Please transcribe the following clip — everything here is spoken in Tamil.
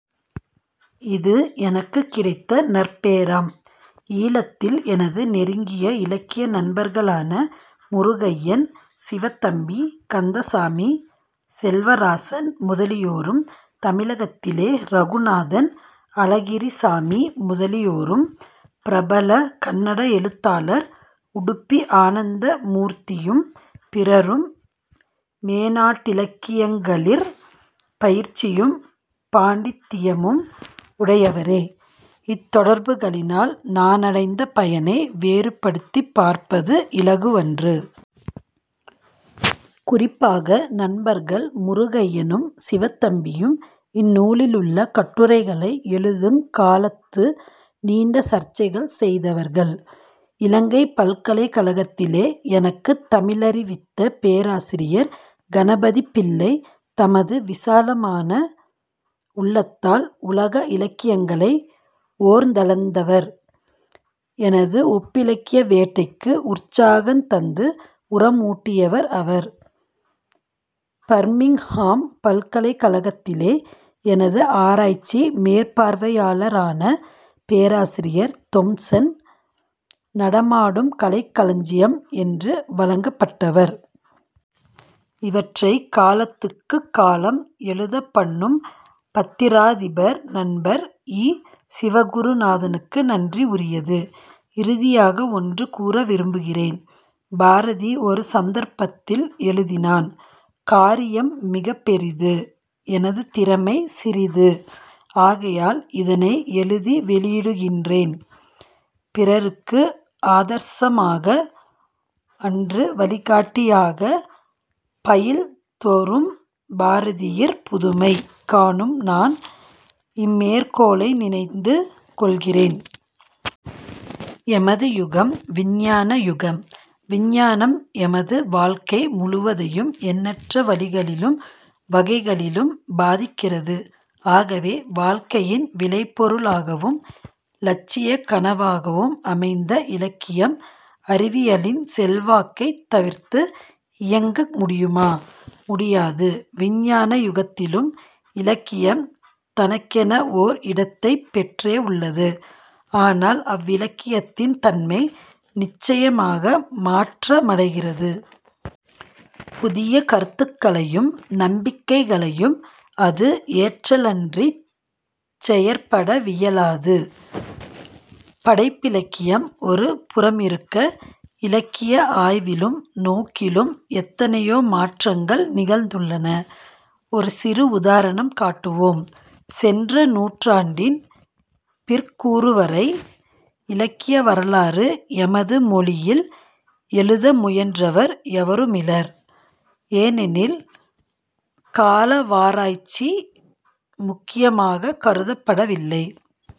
இது எனக்குக் கிடைத்த நற்பேறாம். ஈழத்தில் எனது நெருங்கிய இலக்கிய நண்பர்களான முருகையன், சிவத்தம்பி, கந்தசாமி, செல்வராசன் முதலியோரும் தமிழகத்திலே ரகுநாதன், அழகிரிசாமி முதலியோரும் பிரபல கன்னடஎழுத்தாளர் உடுப்பி ஆனந்த மூர்த்தியும் பிறரும் மேனாட்டிலக்கியங்களிற் பயிற்சியும் பாண்டித்தியமும் உடையவரே. இத்தொடர்புகளினால் நானடைந்த பயனை வேறுபடுத்திப் பார்ப்பது இலகுவன்று. குறிப்பாக நண்பர்கள் முருகையனும், சிவத்தம்பியும் இந்நூலிலுள்ள கட்டுரைகளை எழுதுங் காலத்து நீண்ட சர்ச்சைகள் செய்தவர்கள். இலங்கைப் பல்கலைக் கழகத்திலே எனக்குத் தமிழறிவித்த பேராசிரியர் கணபதிப்பிள்ளை தமது விசாலமான உள்ளத்தால் உலக இலக்கியங்களை ஓர்ந்தளந்தவர். எனது ஒப்பிலக்கிய வேட்கைக்கு உற்சாகந்தந்து உர மூட்டியவர் அவர். பர்மிங்ஹாம் பல்கலைக்கழகத்திலே எனது ஆராய்ச்சி மேற்பார்வையாளரான பேராசிரியர் தொம்சன் 'நடமாடும் கலைக்களஞ்சியம்' என்று வழங்கப்பட்டவர். இவற்றைக் காலத்துக்குக் காலம் எழுதப் பண்ணும் பத்திராதிபர் நண்பர் இ. சிவகுருநாதனுக்கு நன்றி உரியது. இறுதியாக ஒன்று கூற விரும்புகிறேன். பாரதி ஒரு சந்தர்ப்பத்தில் எழுதினான்: "காரியம் மிகப்பெரிது, எனது திறமை சிறிது. 'ஆகையால்' இதனை எழுதி வௌியிடுகின்றேன். பிறருக்கு ஆதர்சமாக அன்று, வழிகாட்டியாக. " பயில் தொறும் பாரதியிற் புதுமை காணும் நான், இம்மேற்கோளை நினைந்து கொள்கிறேன். எமது யுகம் விஞ்ஞானயுகம். விஞ்ஞானம் எமது வாழ்க்கை முழுவதையும் எண்ணற்ற வழிகளிலும் வகைகளிலும் பாதிக்கிறது. ஆகவே வாழ்க்கையின் விளைபொருளாகவும் இலட்சியக் கனவாகவும் அமைந்த இலக்கியம் அறிவியலின் செல்வாக்கைத் தவிர்த்து இயங்கமுடியுமா? முடியாது. விஞ்ஞான யுகத்திலும் இலக்கியம் தனக்கெனவோர் இடத்தைப் பெற்றே உள்ளது. ஆனால் அவ்விலக்கியத்தின் தன்மை நிச்சயமாக மாற்ற மடைகிறது. புதிய கருத்துக்களையும் நம்பிக்கைகளையும் அது ஏற்றாலன்றிச் செயற்பட வியலாது. படைப்பிலக்கியம் ஒரு புறமிருக்க இலக்கிய ஆய்விலும் நோக்கிலும் எத்தனையோ மாற்றங்கள் நிகழ்ந்துள்ளன. ஒரு சிறு உதாரணம் காட்டுவோம். சென்ற நூற்றாண்டின் பிற்கூறுவரை இலக்கிய வரலாறு எமது மொழியில் எழுத முயன்றவர் எவருமிலர். ஏனெனில், காலவாராய்ச்சி முக்கியமாகக் கருதப்படவில்லை.